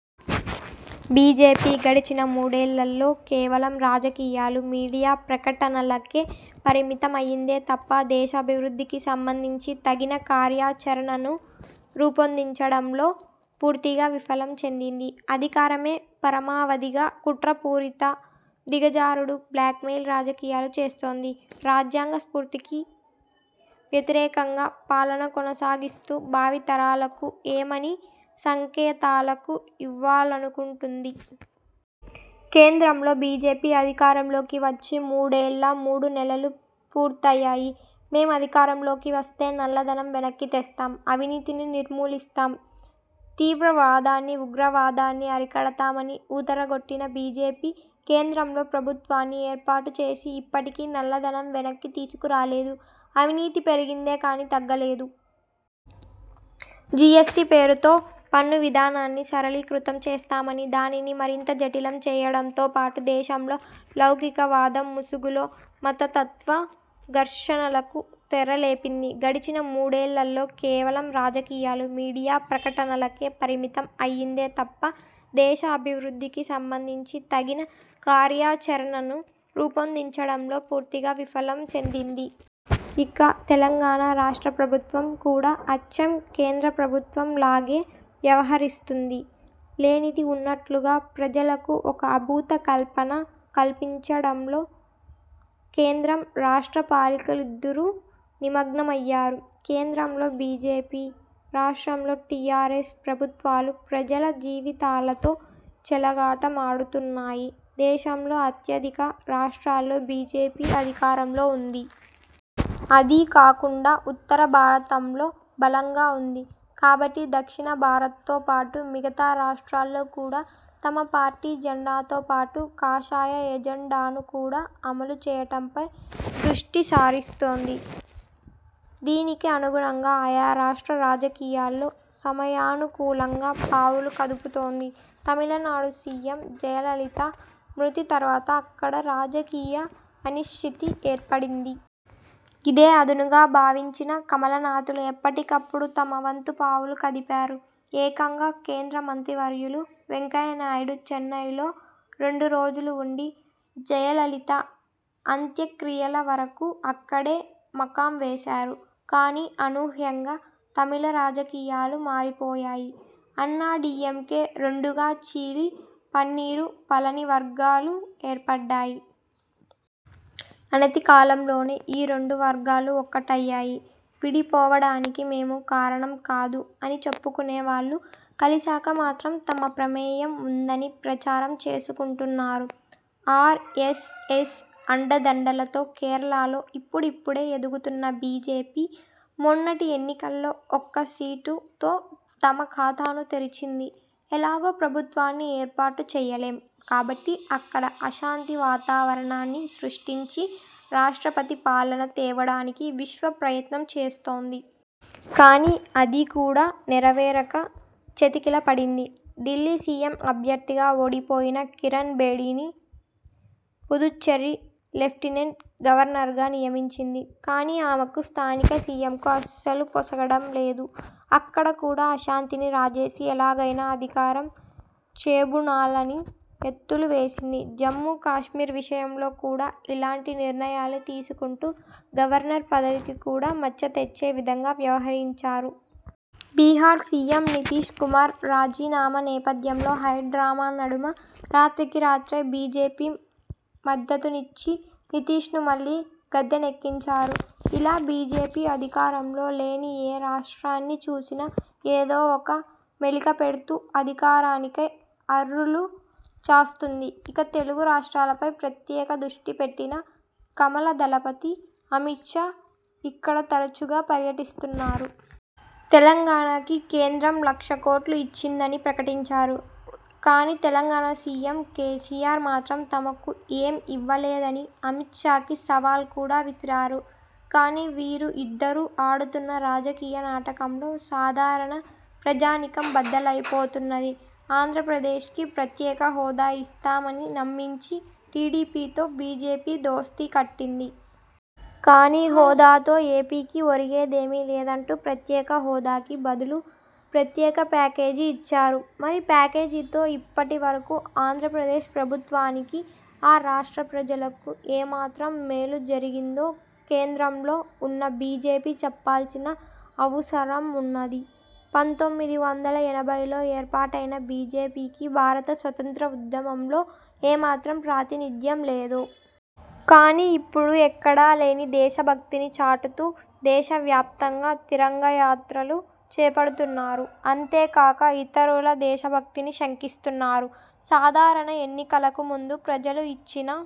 BJP గడిచిన మూడేళ్ళలో కేవలం రాజకీయాలు, మీడియా ప్రకటనలకే పరిమితం అయ్యిందే తప్పా, దేశ అభివృద్ధికి సంబంధించి తగిన కార్యాచరణను రూపొందించడంలో పూర్తిగా విఫలం చెందింది. అధికారమే పరమావధిగా కుట్రపూరిత, దిగజారుడు, బ్లాక్ మెయిల్ రాజకీయాలు చేస్తోంది. రాజ్యాంగ స్ఫూర్తికి వ్యతిరేకంగా పాలన కొనసాగిస్తూ భావి తరాలకు ఏమని సంకేతాలకు ఇవ్వాలనుకుంటుంది? కేంద్రంలో బీజేపీ అధికారంలోకి వచ్చి మూడేళ్ల మూడు నెలలు పూర్తి అయ్యాయి. 'మేం అధికారంలోకి వస్తే నల్లధనం వెనక్కి తెస్తాం, అవినీతిని నిర్మూలిస్తాం, తీవ్రవాదాన్ని, ఉగ్రవాదాన్ని అరికడతా'మని ఊదరగొట్టిన బీజేపీ, కేంద్రంలో ప్రభుత్వాన్ని ఏర్పాటుచేసి ఇప్పటికీ నల్లధనం వెనక్కి తీసుకురాలేదు. అవినీతి పెరిగిందే కానీ తగ్గలేదు. జీఎస్టీ పేరుతో పన్ను విధానాన్ని సరళీకృతం చేస్తామని దానిని మరింత జఠిలం చేయడంతో పాటు దేశంలో లౌకికవాదం ముసుగులో మతతత్వ ఘర్షణలకు తెరలేపింది. గడిచిన మూడేళ్ళలో కేవలం రాజకీయాలు, మీడియా ప్రకటనలకే పరిమితం అయ్యిందే తప్పా, దేశ అభివృద్ధికి సంబంధించి తగిన కార్యాచరణను రూపొందించడంలో పూర్తిగా విఫలం చెందింది. ఇక తెలంగాణ రాష్ట్ర ప్రభుత్వం కూడా అచ్చం కేంద్ర ప్రభుత్వం లాగే వ్యవహరిస్తుంది. లేనిది ఉన్నట్లుగా ప్రజలకు ఒక అభూత కల్పన కల్పించడంలో కేంద్ర, రాష్ట్ర పాలకులిద్దరూ నిమగ్నమయ్యారు. కేంద్రంలో బీజేపీ, రాష్ట్రంలో టీఆర్ఎస్ ప్రభుత్వాలు ప్రజల జీవితాలతో చెలగాటమాడుతున్నాయి. దేశంలో అత్యధిక రాష్ట్రాల్లో బీజేపీ అధికారంలో ఉంది. అదీ కాకుండా ఉత్తర భారతంలో బలంగా ఉంది. కాబట్టి దక్షిణ భారత్తో పాటు, మిగతా రాష్ట్రాల్లో కూడా తమ పార్టీ జెండాతో పాటు కాషాయ ఎజెండాను కూడా అమలు చేయటంపై దృష్టి సారిస్తుంది. దీనికి అనుగుణంగా ఆయా రాష్ట్ర రాజకీయాల్లో సమయానుకూలంగా పావులు కదుపుతోంది. తమిళనాడు సీఎం జయలలిత మృతి తర్వాత అక్కడ రాజకీయ అనిశ్చితి ఏర్పడింది. ఇదే అదునుగా భావించిన కమలనాథులు ఎప్పటికప్పుడు తమ వంతు పావులు కదిపారు. ఏకంగా కేంద్ర మంత్రివర్యులు వెంకయ్యనాయుడు చెన్నైలో రెండు రోజులు ఉండి జయలలిత అంత్యక్రియల వరకు అక్కడే మకాం వేశారు. కానీ అనూహ్యంగా తమిళ రాజకీయాలు మారిపోయాయి. అన్నా డీఎంకే రెండుగా చీలి పన్నీరు, పళని వర్గాలు ఏర్పడ్డాయి. అనతికాలంలోనే ఈ రెండు వర్గాలు ఒక్కటయ్యాయి. విడిపోవడానికి మేము కారణం కాదు అని చెప్పుకునే వాళ్లు, కలిసాక మాత్రం తమ ప్రమేయం ఉందని ప్రచారం చేసుకుంటున్నారు. ఆర్ఎస్ఎస్ అండదండలతో కేరళలో ఇప్పుడిప్పుడే ఎదుగుతున్న బీజేపీ, మొన్నటి ఎన్నికల్లో ఒక్క సీటుతో తమ ఖాతాను తెరిచింది. ఎలాగో ప్రభుత్వాన్ని ఏర్పాటు చేయలేం కాబట్టి అక్కడ అశాంతి వాతావరణాన్ని సృష్టించి రాష్ట్రపతి పాలన తేవడానికి విశ్వ ప్రయత్నం చేస్తోంది. కానీ అదీ కూడా నెరవేరక చతికిలపడింది. ఢిల్లీ సీఎం అభ్యర్థిగా ఓడిపోయిన కిరణ్ బేడీని, పుదుచ్చేరి లెఫ్టినెంట్ గవర్నర్గా నియమించింది. కానీ ఆమెకు, స్థానిక సీఎంకు అస్సలు పొసగడం లేదు. అక్కడ కూడా అశాంతిని రాజేసి, ఎలాగైనా అధికారం చేబూనాలని ఎత్తులు వేసింది. జమ్మూ కాశ్మీర్ విషయంలో కూడా ఇలాంటి నిర్ణయాలే తీసుకుంటూ గవర్నర్ పదవికి కూడా మచ్చ తెచ్చే విధంగా వ్యవహరించారు. బీహార్ సీఎం నితీశ్ కుమార్ రాజీనామా నేపథ్యంలో హైడ్రామా నడుమ రాత్రికి రాత్రే బీజేపీ మద్దతునిచ్చి నితీశ్ను మళ్లీ గద్దెనెక్కించారు. ఇలా బీజేపీ అధికారంలో లేని ఏ రాష్ట్రాన్ని చూసినా ఏదో ఒక మెలిక పెడ్తూ అధికారానికై అర్రులు చాస్తుంది. ఇక తెలుగు రాష్ట్రాలపై ప్రత్యేక దృష్టిపెట్టిన కమల దళపతి అమిత్ షా ఇక్కడ తరుచుగా పర్యటిస్తున్నారు. తెలంగాణకి కేంద్రం లక్ష కోట్లు ఇచ్చిందని ప్రకటించారు. కానీ తెలంగాణ సీఎం కేసీఆర్ మాత్రం తమకు ఏం ఇవ్వలేదని అమిత్ షాకి సవాల్ కూడా విసిరారు. కానీ వీరు ఇద్దరు ఆడుతున్న రాజకీయ నాటకంలో సాధారణ ప్రజానీకం బలైపోతున్నది. ఆంధ్రప్రదేశ్కి ప్రత్యేక హోదా ఇస్తామని నమ్మించి టీడీపీతో బీజేపీ దోస్తీ కట్టింది. కానీ హోదాతో ఏపీకి ఒరిగేదేమీ లేదంటూ ప్రత్యేక హోదాకి బదులు ప్రత్యేక ప్యాకేజీ ఇచ్చారు. మరి ప్యాకేజీతో ఇప్పటి వరకు ఆంధ్రప్రదేశ్ ప్రభుత్వానికి, ఆ రాష్ట్ర ప్రజలకు ఏమాత్రం మేలు జరిగిందో కేంద్రంలో ఉన్న బీజేపీ చెప్పాల్సిన అవుసరం ఉన్నది. పంతొమ్మిది వందల ఎనభైలో ఏర్పాటైన బీజేపీకి భారత స్వాతంత్ర్య ఉద్యమంలో ఏమాత్రం ప్రాతినిధ్యం లేదు. కానీ ఇప్పుడు ఎక్కడలేని దేశభక్తిని చాటుతూ దేశ వ్యాప్తంగా 'తిరంగ యాత్రలు' చేపడుతున్నారు. అంతేకాక ఇతరుల దేశభక్తిని శంకిస్తున్నారు. సాధారణ ఎన్నికలకు ముందు ప్రజలకు ఇచ్చిన